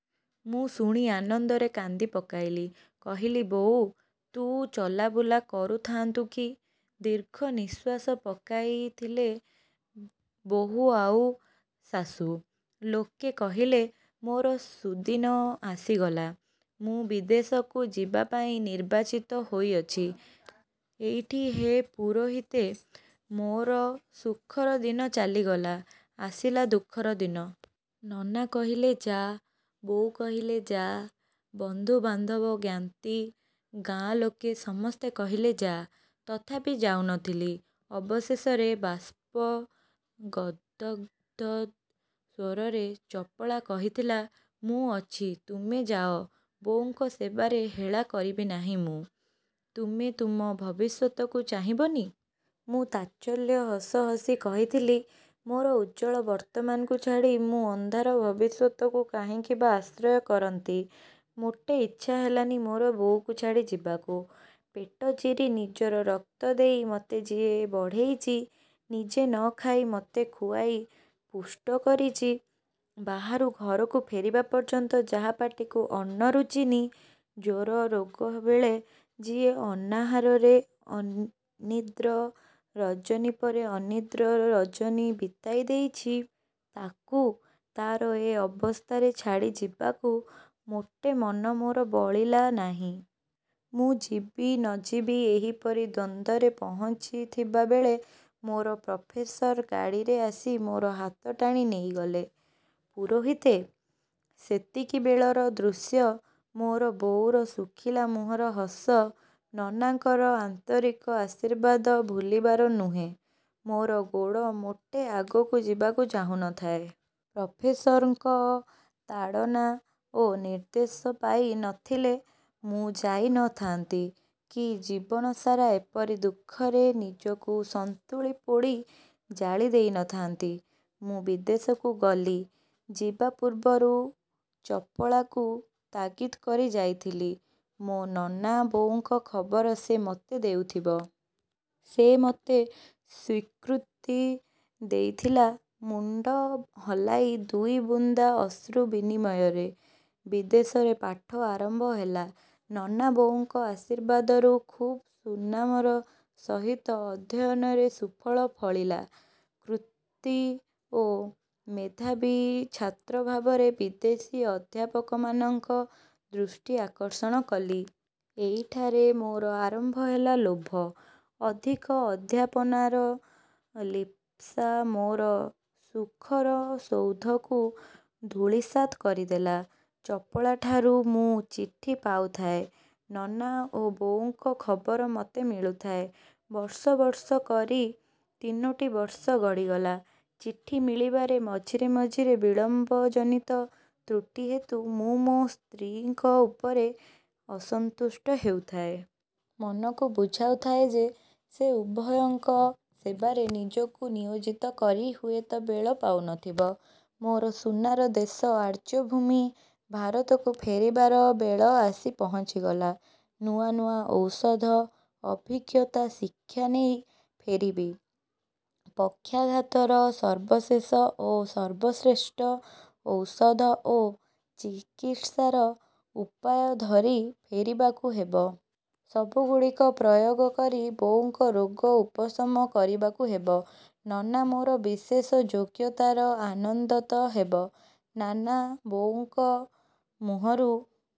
ମୁଁ ଶୁଣି ଆନନ୍ଦରେ କାନ୍ଦି ପକାଇଲି। କହିଲି-ବୋଉ, ତୁ ଚଲାବୁଲା କରୁ ଥାଆନ୍ତୁ କି! ଦୀର୍ଘ ନିଶ୍ୱାସ ପକାଇଥିଲେ ବୋହୂ ଆଉ ଶାଶୁ। ଲୋକେ କହିଲେ, ମୋର ସୁଦିନ ଆସିଗଲା। ମୁଁ ବିଦେଶକୁ ଯିବାପାଇଁ ନିର୍ବାଚିତ ହୋଇଅଛି। ଏଇଠି ହେ ପୁରୋହିତେ, ମୋର ସୁଖର ଦିନ ଚାଲିଗଲା, ଆସିଲା ଦୁଃଖର ଦିନ। ନନା କହିଲେ ଯାଆ, ବୋଉ କହିଲେ ଯାଆ। ବନ୍ଧୁ-ବାନ୍ଧବ, ଜ୍ଞାତି, ଗାଁ ଲୋକେ ସମସ୍ତେ କହିଲେ ଯାଆ, ତଥାପି ଯାଉ ନ ଥିଲି। ଅବଶେଷରେ ବାଷ୍ପ ଗଦ୍ଗଦ୍ ସ୍ୱରରେ ଚପଳା କହିଥିଲା-ମୁଁ ଅଛି, ତୁମେ ଯାଅ, ବୋଉଙ୍କ ସେବାରେ ହେଳା କରିବି ନାହିଁ ମୁଁ। ତୁମେ, ତୁମ ଭବିଷ୍ୟତକୁ ଚାହିଁବନି! ମୁଁ ତାଚ୍ଛଲ୍ୟ ହସ ହସି କହିଥିଲି-ମୋର ଉଜ୍ଜ୍ୱଳ ବର୍ତ୍ତମାନକୁ ଛାଡ଼ି ମୁଁ ଅନ୍ଧାର ଭବିଷ୍ୟତକୁ କାହିଁକି ବା ଆଶ୍ରୟ କରନ୍ତି। ମୋଟେ ଇଚ୍ଛା ହେଲାନି ମୋର ବୋଉକୁ ଛାଡ଼ି ଯିବାକୁ। ପେଟ ଚିରି ନିଜର ରକ୍ତ ଦେଇ ମତେ ଯିଏ ବଢ଼େଇଚି, ନିଜେ ନ ଖାଇ ମତେ ଖୁଆଇ ପୁଷ୍ଟ କରିଚି, ବାହାରୁ ଘରକୁ ଫେରିବା ପର୍ଯ୍ୟନ୍ତ ଯାହା ପାଟିକୁ ଅନ୍ନ ରୁଚିନି, ଜ୍ୱର ରୋଗ ବେଳେ ଯିଏ ଅନାହାରରେ ଉନ୍ନିଦ୍ର ରଜନୀ ପରେ ଉନ୍ନିଦ୍ର ରଜନୀ ବିତାଇ ଦେଇଚି, ତାକୁ, ତାର ଏ ଅବସ୍ଥାରେ ଛାଡ଼ି ଯିବାକୁ ମୋଟେ ମନ ମୋର ବଳିଲା ନାହିଁ। ମୁଁ ଯିବି ନ ଯିବି ଏହିପରି ଦ୍ୱନ୍ଦ୍ୱରେ ପହୁଞ୍ଚିଥିବା ବେଳେ ମୋର ପ୍ରଫେସର ଗାଡ଼ିରେ ଆସି ମୋର ହାତ ଟାଣି ନେଇଗଲେ। ପୁରୋହିତେ! ସେତିକିବେଳର ଦୃଶ୍ୟ, ମୋର ବୋଉର ଶୁଖିଲା ମୁହଁର ହସ, ନନାଙ୍କର ଆନ୍ତରିକ ଆଶୀର୍ବାଦ ଭୁଲିବାର ନୁହେଁ। ମୋର ଗୋଡ଼ ମୋଟେ ଆଗକୁ ଯିବାକୁ ଚାହୁଁ ନ ଥାଏ। ପ୍ରଫେସରଙ୍କ ତାଡ଼ନା ଓ ନିର୍ଦ୍ଦେଶ ପାଇ ନ ଥିଲେ ମୁଁ ଯାଇ ନ ଥାନ୍ତି କି ଜୀବନସାରା ଏପରି ଦୁଃଖରେ ନିଜକୁ ସନ୍ତୁଳି ପୋଡ଼ି ଜାଳି ଦେଇ ନ ଥାଆନ୍ତି। ମୁଁ ବିଦେଶକୁ ଗଲି। ଯିବା ପୂର୍ବରୁ ଚପଳାକୁ ତାଗିଦ କରି ଯାଇଥିଲି, ମୋ ନନା, ବୋଉଙ୍କ ଖବର ସେ ମୋତେ ଦେଉଥିବ। ସେ ମତେ ସ୍ୱୀକୃତି ଦେଇଥିଲା ମୁଣ୍ଡ ହଲାଇ ଦୁଇ ବୁନ୍ଦା ଅଶ୍ରୁ ବିନିମୟରେ। ବିଦେଶରେ ପାଠ ଆରମ୍ଭ ହେଲା। ନନା ବୋଉଙ୍କ ଆଶୀର୍ବାଦରୁ ଖୁବ୍ ସୁନାମର ସହିତ ଅଧ୍ୟୟନରେ ସୁଫଳ ଫଳିଲା। କୃତୀ ଓ ମେଧାବୀ ଛାତ୍ର ଭାବରେ ବିଦେଶୀ ଅଧ୍ୟାପକମାନଙ୍କ ଦୃଷ୍ଟି ଆକର୍ଷଣ କଲି। ଏଇଠାରେ ମୋର ଆରମ୍ଭ ହେଲା ଲୋଭ। ଅଧିକ ଅଧ୍ୟାପନାର ଲିପ୍ସା ମୋର ସୁଖର ସୌଧକୁ ଧୂଳିସାତ୍ କରିଦେଲା। ଚପଳାଠାରୁ ମୁଁ ଚିଠି ପାଉଥାଏ। ନନା ଓ ବୋଉଙ୍କ ଖବର ମତେ ମିଳୁଥାଏ। ବର୍ଷ ବର୍ଷ କରି ତିନୋଟି ବର୍ଷ ଗଡ଼ିଗଲା। ଚିଠି ମିଳିବାରେ ମଝିରେ ମଝିରେ ବିଳମ୍ୱଜନିତ ତ୍ରୁଟି ହେତୁ ମୁଁ ମୋ ସ୍ତ୍ରୀଙ୍କ ଉପରେ ଅସନ୍ତୁଷ୍ଟ ହେଉଥାଏ। ମନକୁ ବୁଝାଉ ଥାଏ ଯେ, ସେ ଉଭୟଙ୍କ ସେବାରେ ନିଜକୁ ନିୟୋଜିତ କରି ହୁଏତ ବେଳ ପାଉ ନ ଥିବ। ମୋର ସୁନାର ଦେଶ ଆର୍ଯ୍ୟଭୂମି ଭାରତକୁ ଫେରିବାର ବେଳ ଆସି ପହଞ୍ଚିଗଲା। ନୂଆ ନୂଆ ଔଷଧ, ଅଭିଜ୍ଞତା ଶିକ୍ଷା ନେଇ ଫେରିବି। ପକ୍ଷାଘାତର ସର୍ବଶେଷ ଓ ସର୍ବଶ୍ରେଷ୍ଠ ଔଷଧ ଓ ଚିକିତ୍ସାର ଉପାୟ ଧରି ଫେରିବାକୁ ହେବ। ସବୁଗୁଡ଼ିକ ପ୍ରୟୋଗ କରି ବୋଉଙ୍କ ରୋଗ ଉପଶମ କରିବାକୁ ହେବ। ନନା ମୋର ବିଶେଷ ଯୋଗ୍ୟତାର ଆନନ୍ଦତ ହେବ। ନାନା ବୋଉଙ୍କ ମୁହଁରୁ